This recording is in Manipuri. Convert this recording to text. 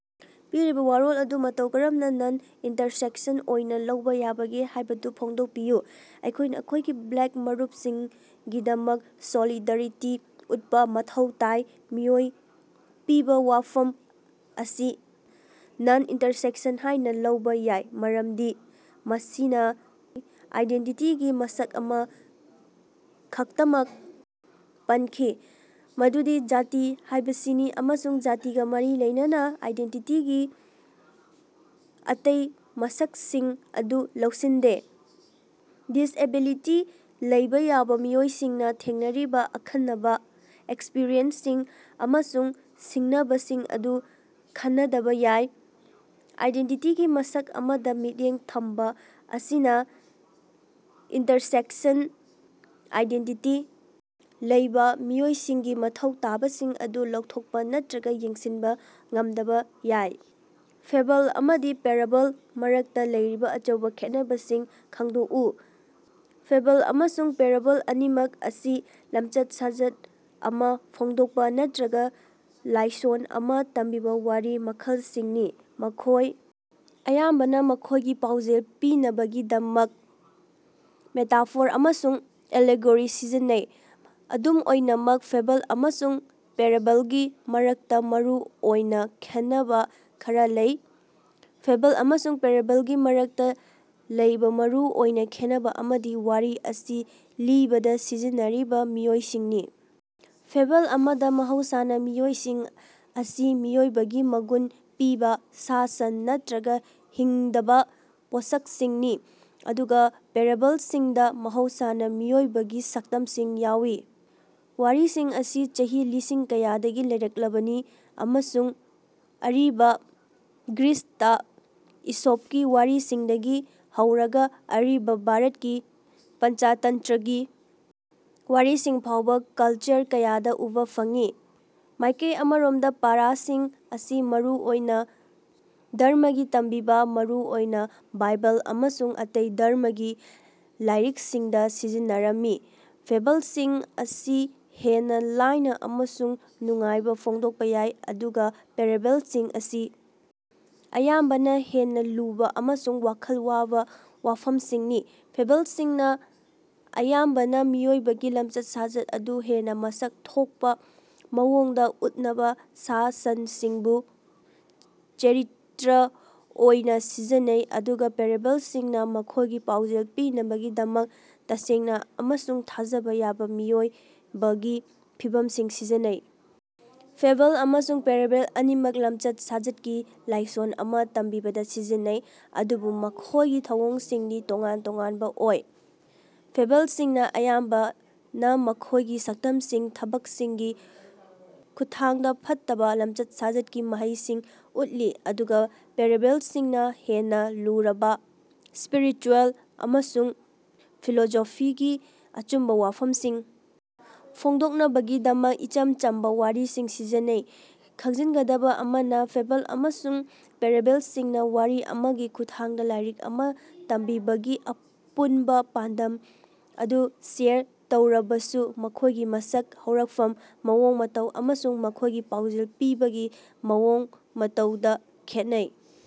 ꯄꯤꯔꯤꯕꯥ ꯋꯥꯔꯣꯜ ꯑꯗꯨ ꯃꯇꯧ ꯀꯔꯝꯅꯥ ꯅꯟ-ꯏꯟꯇꯔꯁꯦꯛꯁꯟ ꯑꯣꯏꯅꯥ ꯂꯧꯕꯥ ꯌꯥꯕꯒꯦ ꯍꯥꯏꯕꯗꯨ ꯐꯣꯡꯗꯣꯛꯄꯤꯌꯨ꯫ ꯑꯩꯈꯣꯏꯅꯥ ꯑꯩꯈꯣꯏꯒꯤ ꯕ꯭ꯂꯦꯛ ꯃꯔꯨꯞꯁꯤꯡꯒꯤꯗꯃꯛ ꯁꯣꯂꯤꯗꯥꯔꯤꯇꯤ ꯎꯠꯄꯥ ꯃꯊꯧ ꯇꯥꯏ꯫ ꯃꯤꯑꯣꯏ ꯄꯤꯕꯥ ꯋꯥꯐꯝ ꯑꯁꯤ ꯅꯟ-ꯏꯟꯇꯔꯁꯦꯛꯁꯟ ꯍꯥꯏꯅꯥ ꯂꯧꯕꯥ ꯌꯥꯏ ꯃꯔꯝꯗꯤ ꯃꯁꯤꯅꯥ ꯑꯥꯏꯗꯦꯟꯇꯤꯇꯤꯒꯤ ꯃꯁꯛ ꯑꯃꯥ ꯈꯛꯇꯃꯛ ꯄꯟꯈꯤ, ꯃꯗꯨꯗꯤ ꯖꯥꯇꯤ ꯍꯥꯏꯕꯁꯤꯅꯤ ꯑꯃꯁꯨꯡ ꯖꯥꯇꯤꯒꯥ ꯃꯔꯤ ꯂꯩꯅꯅ ꯑꯥꯏꯗꯦꯟꯇꯤꯇꯤꯒꯤ ꯑꯇꯩ ꯃꯁꯛꯁꯤꯡ ꯑꯗꯨ ꯂꯧꯁꯤꯟꯗꯦ꯫ ꯗꯤꯁꯑꯦꯕꯤꯂꯤꯇꯤ ꯂꯩꯕꯥ ꯌꯥꯕꯥ ꯃꯤꯑꯣꯏꯁꯤꯡꯅꯥ ꯊꯦꯡꯅꯔꯤꯕꯥ ꯑꯈꯟꯅꯕꯥ ꯑꯦꯛꯁꯄ꯭ꯔꯤꯌꯦꯟꯁꯁꯤꯡ ꯑꯃꯁꯨꯡ ꯁꯤꯡꯅꯕꯁꯤꯡ ꯑꯗꯨ ꯈꯟꯅꯗꯕꯥ ꯌꯥꯏ꯫ ꯑꯥꯏꯗꯦꯟꯇꯤꯇꯤꯒꯤ ꯃꯁꯛ ꯑꯃꯗꯥ ꯃꯤꯠꯌꯦꯡ ꯊꯝꯕꯥ ꯑꯁꯤꯅꯥ ꯏꯟꯇꯔꯁꯦꯛꯁꯟ ꯑꯥꯏꯗꯦꯟꯇꯤꯇꯤ ꯂꯩꯕꯥ ꯃꯤꯑꯣꯏꯁꯤꯡꯒꯤ ꯃꯊꯧ ꯇꯥꯕꯁꯤꯡ ꯑꯗꯨ ꯂꯧꯊꯣꯛꯄꯥ ꯅꯠꯇ꯭ꯔꯒꯥ ꯌꯦꯡꯁꯤꯟꯕꯥ ꯉꯝꯗꯕꯥ ꯌꯥꯏ꯫ ꯐꯦꯕꯜ ꯑꯃꯗꯤ ꯄꯦꯔꯦꯕꯜ ꯃꯔꯛꯇꯥ ꯂꯩꯔꯤꯕꯥ ꯑꯆꯧꯕꯥ ꯈꯦꯠꯅꯕꯁꯤꯡ ꯈꯪꯗꯣꯛꯎ꯫ ꯐꯦꯕꯜ ꯑꯃꯁꯨꯡ ꯄꯦꯔꯦꯕꯜ ꯑꯅꯤꯃꯛ ꯑꯁꯤ ꯂꯝꯆꯠ-ꯁꯥꯖꯠ ꯑꯃꯥ ꯐꯣꯡꯗꯣꯛꯄꯥ ꯅꯠꯇ꯭ꯔꯒꯥ ꯂꯥꯏꯁꯣꯟ ꯑꯃꯥ ꯇꯝꯕꯤꯕꯥ ꯋꯥꯔꯤ ꯃꯈꯜꯁꯤꯡꯅꯤ꯫ ꯃꯈꯣꯏ ꯑꯌꯥꯝꯕꯅꯥ ꯃꯈꯣꯏꯒꯤ ꯄꯥꯎꯖꯦꯜ ꯄꯤꯅꯕꯒꯤꯗꯃꯛ ꯃꯦꯇꯥꯐꯣꯔ ꯑꯃꯁꯨꯡ ꯑꯦꯂꯦꯒꯣꯔꯤ ꯁꯤꯖꯤꯟꯅꯩ꯫ ꯑꯗꯨꯝ ꯑꯣꯏꯅꯃꯛ, ꯐꯦꯕꯜ ꯑꯃꯁꯨꯡ ꯄꯦꯔꯦꯕꯜꯒꯤ ꯃꯔꯛꯇꯥ ꯃꯔꯨ ꯑꯣꯏꯕꯥ ꯈꯦꯟꯅꯕꯥ ꯈꯔꯥ ꯂꯩ: ꯐꯦꯕꯜ ꯑꯃꯁꯨꯡ ꯄꯦꯔꯦꯕꯜꯒꯤ ꯃꯔꯛꯇꯥ ꯂꯩꯕꯥ ꯃꯔꯨ ꯑꯣꯏꯕꯥ ꯈꯦꯠꯅꯕꯥ ꯑꯃꯗꯤ ꯋꯥꯔꯤ ꯑꯁꯤ ꯂꯤꯕꯗꯥ ꯁꯤꯖꯤꯟꯅꯔꯤꯕꯥ ꯃꯤꯑꯣꯏꯁꯤꯡꯅꯤ꯫ ꯐꯦꯕꯜ ꯑꯃꯗꯥ, ꯃꯍꯧꯁꯥꯅꯥ ꯃꯤꯑꯣꯏꯁꯤꯡ ꯑꯁꯤ ꯃꯤꯑꯣꯏꯕꯒꯤ ꯃꯒꯨꯟ ꯄꯤꯕꯥ ꯁꯥ-ꯁꯟ ꯅꯠꯇ꯭ꯔꯒꯥ ꯍꯤꯡꯗꯕꯥ ꯄꯣꯠꯁꯛꯁꯤꯡꯅꯤ, ꯑꯗꯨꯒꯥ ꯄꯦꯔꯦꯕꯜꯁꯤꯡꯗꯥ ꯃꯍꯧꯁꯥꯅꯥ ꯃꯤꯑꯣꯏꯕꯒꯤ ꯁꯛꯇꯝꯁꯤꯡ ꯌꯥꯎꯏ꯫ ꯋꯥꯔꯤꯁꯤꯡ ꯑꯁꯤ ꯆꯍꯤ ꯂꯤꯁꯤꯡ ꯀꯌꯥꯗꯒꯤ ꯂꯩꯔꯛꯂꯕꯅꯤ ꯑꯃꯁꯨꯡ ꯑꯔꯤꯕꯥ ꯒ꯭ꯔꯤꯁꯇꯥ ꯏꯁꯣꯞꯀꯤ ꯋꯥꯔꯤꯁꯤꯡꯗꯒꯤ ꯍꯧꯔꯒꯥ ꯑꯔꯤꯕꯥ ꯚꯥꯔꯠꯀꯤ ꯄꯟꯆꯇꯟꯇ꯭ꯔꯒꯤ ꯋꯥꯔꯤꯁꯤꯡ ꯐꯥꯎꯕꯥ ꯀꯜꯆꯔ ꯀꯌꯥꯗꯥ ꯎꯕꯥ ꯐꯪꯏ꯫ ꯃꯥꯏꯀꯩ ꯑꯃꯔꯣꯝꯗꯥ ꯄꯥꯔꯥꯁꯤꯡ ꯑꯁꯤ ꯃꯔꯨ ꯑꯣꯏꯅꯥ ꯙꯔꯃꯒꯤ ꯇꯝꯕꯤꯕꯥ, ꯃꯔꯨ ꯑꯣꯏꯅꯥ ꯕꯥꯏꯕꯜ ꯑꯃꯁꯨꯡ ꯑꯇꯩ ꯙꯔꯃꯒꯤ ꯂꯥꯏꯔꯤꯛꯁꯤꯡꯗꯥ ꯁꯤꯖꯤꯟꯅꯔꯝꯃꯤ꯫ ꯐꯦꯕꯜꯁꯤꯡ ꯑꯁꯤ ꯍꯦꯟꯅꯥ ꯂꯥꯏꯅꯥ ꯑꯃꯁꯨꯡ ꯅꯨꯡꯉꯥꯏꯕꯥ ꯐꯣꯡꯗꯣꯛꯄꯥ ꯌꯥꯏ, ꯑꯗꯨꯒꯥ ꯄꯦꯔꯦꯕꯜꯁꯤꯡ ꯑꯁꯤ ꯑꯌꯥꯝꯕꯅꯥ ꯍꯦꯟꯅꯥ ꯂꯨꯕꯥ ꯑꯃꯁꯨꯡ ꯋꯥꯈꯜ ꯋꯥꯕꯥ ꯋꯥꯐꯝꯁꯤꯡꯅꯤ꯫ ꯐꯦꯕꯜꯁꯤꯡꯅꯥ ꯑꯌꯥꯝꯕꯅꯥ ꯃꯤꯑꯣꯏꯕꯒꯤ ꯂꯝꯆꯠ-ꯁꯥꯖꯠ ꯑꯗꯨ ꯍꯦꯟꯅꯥ ꯃꯁꯛ ꯊꯣꯛꯄꯥ ꯃꯑꯣꯡꯗꯥ ꯎꯠꯅꯕꯥ ꯁꯥ-ꯁꯟꯁꯤꯡꯕꯨ ꯆꯔꯤꯇ꯭ꯔ ꯑꯣꯏꯅꯥ ꯁꯤꯖꯤꯟꯅꯩ, ꯑꯗꯨꯒꯥ ꯄꯦꯔꯦꯕꯜꯁꯤꯡꯅꯥ ꯃꯈꯣꯏꯒꯤ ꯄꯥꯎꯖꯦꯜ ꯄꯤꯅꯕꯒꯤꯗꯃꯛ ꯇꯁꯦꯡꯅꯥ ꯑꯃꯁꯨꯡ ꯊꯥꯖꯕꯥ ꯌꯥꯕꯥ ꯃꯤꯑꯣꯏꯕꯒꯤ ꯐꯤꯚꯝꯁꯤꯡ ꯁꯤꯖꯤꯟꯅꯩ꯫ ꯐꯦꯕꯜ ꯑꯃꯁꯨꯡ ꯄꯦꯔꯦꯕꯜ ꯑꯅꯤꯃꯛ ꯂꯃꯆꯠ-ꯁꯥꯖꯠꯀꯤ ꯂꯥꯏꯁꯣꯟ ꯑꯃꯥ ꯇꯝꯕꯤꯕꯗꯥ ꯁꯤꯖꯤꯟꯅꯩ, ꯑꯗꯨꯕꯨ ꯃꯈꯣꯏꯒꯤ ꯊꯧꯑꯣꯡꯁꯤꯡꯗꯤ ꯇꯣꯉꯥꯟ-ꯇꯣꯉꯥꯟꯕꯥ ꯑꯣꯏ꯫ ꯐꯦꯕꯜꯁꯤꯡꯅꯥ ꯑꯌꯥꯝꯕꯅꯥ ꯃꯈꯣꯏꯒꯤ ꯁꯛꯇꯝꯁꯤꯡꯒꯤ ꯊꯕꯛꯁꯤꯡꯒꯤ ꯈꯨꯠꯊꯥꯡꯗꯥ ꯐꯠꯇꯕꯥ ꯂꯝꯆꯠ-ꯁꯥꯖꯠꯀꯤ ꯃꯍꯩꯁꯤꯡ ꯎꯠꯂꯤ, ꯑꯗꯨꯒꯥ ꯄꯦꯔꯦꯕꯜꯁꯤꯡꯅꯥ ꯍꯦꯟꯅꯥ ꯂꯨꯔꯕꯥ ꯁ꯭ꯄꯤꯔꯤꯆꯨꯌꯦꯜ ꯑꯃꯁꯨꯡ ꯐꯤꯂꯣꯁꯣꯐꯤꯒꯤ ꯑꯆꯨꯝꯕꯥ ꯋꯥꯐꯝꯁꯤꯡ ꯐꯣꯡꯗꯣꯛꯅꯕꯒꯤꯗꯃꯛ ꯏꯆꯝ ꯆꯝꯕꯥ ꯋꯥꯔꯤꯁꯤꯡ ꯁꯤꯖꯤꯟꯅꯩ꯫ ꯈꯪꯖꯤꯟꯒꯗꯕꯥ ꯑꯃꯅꯥ, ꯐꯦꯕꯜ ꯑꯃꯁꯨꯡ ꯄꯦꯔꯦꯕꯜꯁꯤꯡꯅꯥ ꯋꯥꯔꯤ ꯑꯃꯒꯤ ꯈꯨꯠꯊꯥꯡꯗꯥ ꯂꯥꯏꯔꯤꯛ ꯑꯃꯥ ꯇꯝꯕꯤꯕꯒꯤ ꯑꯄꯨꯟꯕꯥ ꯄꯥꯟꯗꯝ ꯑꯗꯨ ꯁꯦꯌꯔ ꯇꯧꯔꯕꯁꯨ, ꯃꯈꯣꯏꯒꯤ ꯃꯁꯛ, ꯍꯧꯔꯛꯐꯝ, ꯃꯑꯣꯡ ꯃꯇꯧ ꯑꯃꯁꯨꯡ ꯃꯈꯣꯏꯒꯤ ꯄꯥꯎꯖꯦꯜ ꯄꯤꯕꯒꯤ ꯃꯑꯣꯡ ꯃꯇꯧꯗꯥ ꯈꯦꯠꯅꯩ꯫